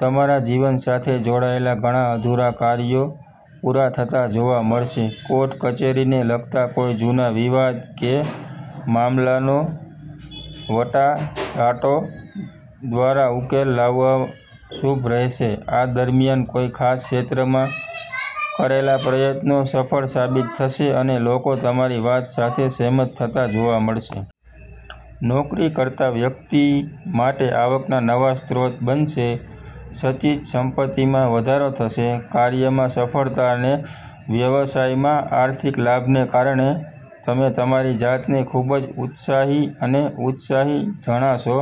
તમારા જીવન સાથે જોડાયેલા ઘણા અધૂરા કાર્યો પૂરા થતા જોવા મળશે. કોર્ટ-કચેરીને લગતા કોઈ જૂના વિવાદ કે મામલાનો વાટાઘાટો દ્વારા ઉકેલ લાવવા શુભ રહેશે. આ દરમિયાન કોઈ ખાસ ક્ષેત્રમાં કરેલા પ્રયત્નો સફળ સાબિત થશે અને લોકો તમારી વાત સાથે સહમત થતા જોવા મળશે. નોકરી કરતા વ્યક્તિ માટે આવકના નવા સ્ત્રોત બનશે. સંચિત સંપત્તિમાં વધારો થશે. કાર્યમાં સફળતા અને વ્યવસાયમાં આર્થિક લાભને કારણે તમે તમારી જાતને ખૂબ જ ઉત્સાહી અને ઉત્સાહી જણાશો.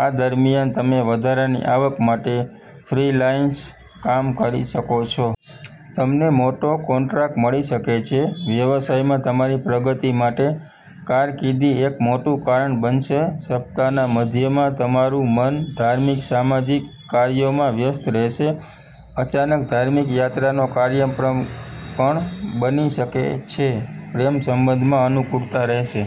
આ દરમિયાન, તમે વધારાની આવક માટે ફ્રીલાન્સ કામ કરી શકો છો. તમને મોટો કોન્ટ્રાક્ટ મળી શકે છે. વ્યવસાયમાં તમારી પ્રગતિ માટે કારકિર્દી એક મોટું કારણ બનશે. સપ્તાહના મધ્યમાં તમારું મન ધાર્મિક-સામાજિક કાર્યોમાં વ્યસ્ત રહેશે. અચાનક ધાર્મિક યાત્રાનો કાર્યક્રમ પણ બની શકે છે. પ્રેમ સંબંધમાં અનુકૂળતા રહેશે.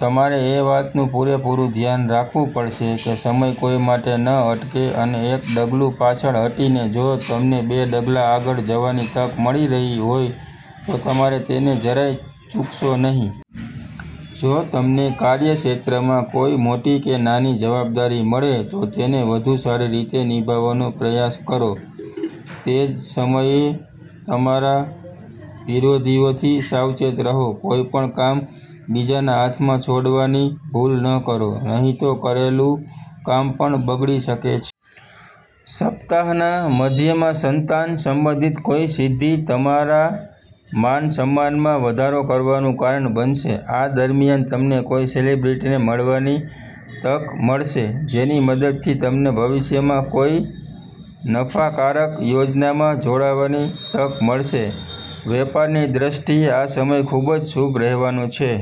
તમારે એ વાતનું પૂરેપૂરું ધ્યાન રાખવું પડશે કે સમય કોઈ માટે ન અટકે અને એક ડગલું પાછળ હટીને જો તમને બે ડગલાં આગળ જવાની તક મળી રહી હોય તો તમારે તેને જરાય ચૂકશો નહીં. જો તમને કાર્યક્ષેત્રમાં કોઈ મોટી કે નાની જવાબદારી મળે તો તેને વધુ સારી રીતે નિભાવવાનો પ્રયાસ કરો. તે જ સમયે, તમારા વિરોધીઓથી સાવચેત રહો. કોઈ પણ કામ બીજાના હાથમાં છોડવાની ભૂલ ન કરો, નહીં તો કરેલું કામ પણ બગડી શકે છે. સપ્તાહના મધ્યમાં સંતાન સંબંધિત કોઈ સિદ્ધિ તમારા માન-સન્માનમાં વધારો કરવાનું કારણ બનશે. આ દરમિયાન, તમને કોઈ સેલિબ્રિટીને મળવાની તક મળશે, જેની મદદથી તમને ભવિષ્યમાં કોઈ નફાકારક યોજનામાં જોડાવાની તક મળશે. વેપારની દૃષ્ટિએ આ સમય ખૂબ જ શુભ રહેવાનો છે.